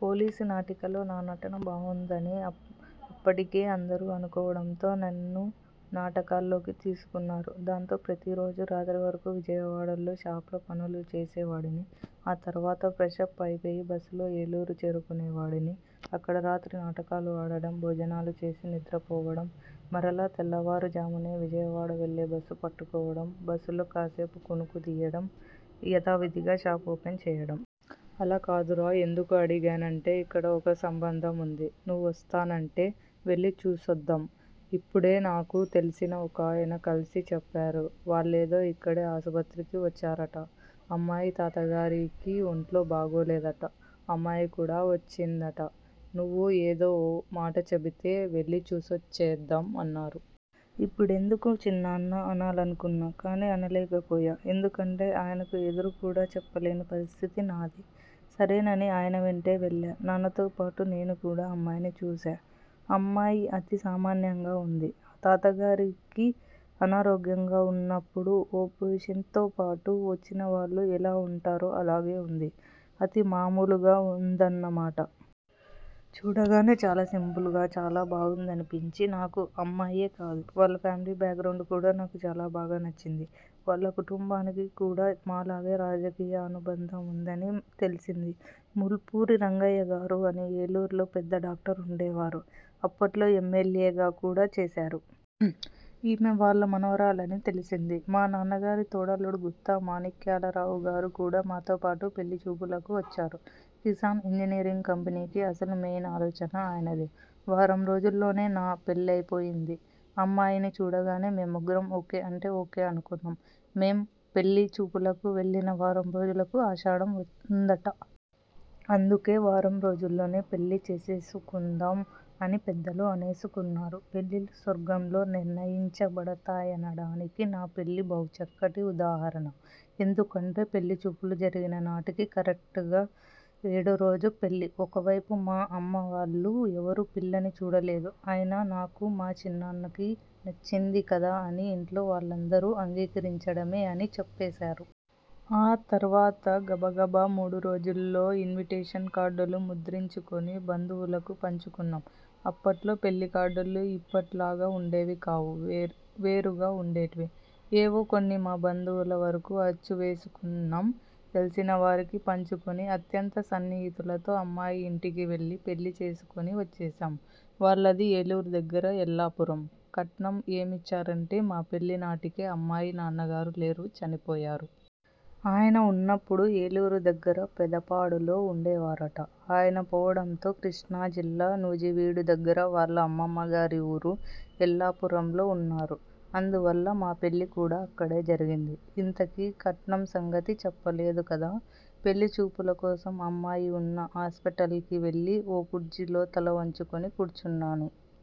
'Police' నాటికలో నా నటన బావుందని అప్పటికే అందరూ అనుకోవడంతో నన్ను నాటకాల్లోకి తీసుకున్నారు. దాంతో ప్రతిరోజూ రాత్రి వరకు విజయవాడలో షాప్లో పనులు పూర్తిచేసేవాడిని. ఆ తర్వాత ఫ్రెషప్ అయిపోయి బస్సులో ఏలూరు చేరుకునేవాడిని. అక్కడ రాత్రి నాటకాలు ఆడటం, భోజనాలుచేసి నిద్రపోవడం, మరలా తెల్లారుజామునే విజయవాడవెళ్లే బస్సు పట్టుకోవడం, బస్సులో కాసేపు కునుకుతీయడం, యథావిథిగా షాప్ ఓపెన్ చేయడం. 'అలా కాదురా. ఎందుకు అడిగానంటే, ఇక్కడ ఒక సంబంధం ఉంది. నువ్వు వస్తానంటే వెళ్లి చూసొద్దాం. ఇప్పుడే నాకు తెలిసిన ఒకాయన కలిసి చెప్పారు. వాళ్లేదో ఇక్కడే ఆసుపత్రికి వచ్చారట. అమ్మాయి తాతగారికి ఒంట్లో బాగాలేదట. అమ్మాయికూడా వచ్చిందట. నువ్వు ఏదో। ఓ మాటచెబితే వెళ్లి చూసొచ్చేద్దాం' అన్నారు. ''ఇప్పుడెందుకు చిన్నాన్నా'' అనాలనుకున్నా. కానీ అనలేకపోయా. ఎందుకంటే ఆయనకు ఎదురుకూడా చెప్పలేని పరిస్థితి నాది. సరేనని ఆయనవెంటే వెళ్లా. న్నాన్నతోపాటు నేనుకూడా అమ్మాయిని చూశా. అమ్మాయి అతి సామాన్యంగా ఉంది. తాతగారికి అనారోగ్యంగా ఉన్నప్పుడు, ఓ పేషెంట్తోపాటు వచ్చినవాళ్లు ఎలా ఉంటారో అలాగే ఉంది. అతి మామూలుగా ఉందన్నమాట. చూడగానే చాలా సింపుల్గా, చాలా బావుందనిపించి నాకు. అమ్మాయే కాదు, వాళ్ల ఫ్యామిలీ బ్యాగ్రౌండ్ కూడా నాకు చాలా బాగా నచ్చింది. వాళ్ల కుటుంబానికి కూడా మాలాగే రాజకీయానుబంధం ఉందని తెలిసింది. మూల్పూరి రంగయ్యగారు అని ఏలూరులో పెద్ద డాక్టర్ ఉండేవారు. అప్పట్లో ఎమ్మెల్యేగా కూడా చేశారు. ఈమె వాళ్ల మనవరాలని తెలిసింది. మా నాన్నగారి తోడల్లుడు గుత్తా మాణిక్యాలరావుగారు కూడా మాతోపాటు పెళ్ళి చూపులకు వచ్చారు. కిసాన్ ఇంజనీరింగ్ కంపెనీకి అసలు మెయిన్ ఆలోచన ఆయనదే. వారంరోజుల్లోనే నా పెళ్ళైపోయిందిఅమ్మాయిని చూడగానే మేం ముగ్గురం ఓకే అంటే ఓకే అనుకున్నాం. మేం పెళ్ళి చూపులకు వెళ్లిన వారంరోజులకు ఆషాఢం ఉందట. అందుకే వారంరోజుల్లోనే పెళ్ళి చేసేసుకుందాం అని పెద్దలు అనేసుకున్నారు. పెళ్ళిళ్ళు స్వర్గంలో నిర్ణయించబడతాయనడానికి నా పెళ్ళి బహుచక్కటి ఉదాహరణ. ఎందుకంటే పెళ్ళిచూపులు జరిగిననాటికి కరెక్ట్గా ఏడోరోజు పెళ్ళి. ఒకవైపు మా అమ్మవాళ్లు ఎవరూ పిల్లని చూడలేదు. అయినా నాకు, మా చిన్నాన్నకి నచ్చింది కదా అని ఇంట్లో వాళ్ళందరూ అంగీకారమే అని చెప్పేశారు. ఆ తర్వాత గబగబా మూడురోజుల్లో ఇన్విటేషన్ కార్డులు ముద్రించుకుని బంధువులకు పంచుకున్నాం. అప్పట్లో పెళ్ళికార్డులు ఇప్పట్లాగా ఉండేవికావు. వేరుగా ఉండేవి. ఏవో కొన్ని మా బంధువులవరకు అచ్చువేసుకున్నాం. తెలిసినవారికి పంచుకుని, అత్యంత సన్నిహితులతో అమ్మాయి ఇంటికివెళ్లి, పెళ్ళి చేసుకుని వచ్చేశాం. వాళ్లది ఏలూరుదగ్గరే ఎల్లాపురం. కట్నం ఏమిచ్చారంటే మాపెళ్ళి నాటికే అమ్మాయి నాన్నగారులేరు, చనిపోయారు. ఆయన ఉన్నప్పుడు, ఏలూరు దగ్గర పెదపాడులో ఉండేవారట. ఆయన పోవడంతో, కృష్ణాజిల్లా నూజివీడుదగ్గర వాళ్ల అమ్మమ్మగారి ఊరు ఎల్లాపురంలో ఉన్నారు. అందువల్ల మాపెళ్ళి కూడా అక్కడే జరిగింది. ఇంతకీ కట్నంసంగతి చెప్పలేదు కదా. పెళ్ళిచూపులకోసం అమ్మాయి ఉన్న హాస్పిటల్కి వెళ్లి ఓ కుర్చీలో తల వంచుకుని కూర్చున్నాను.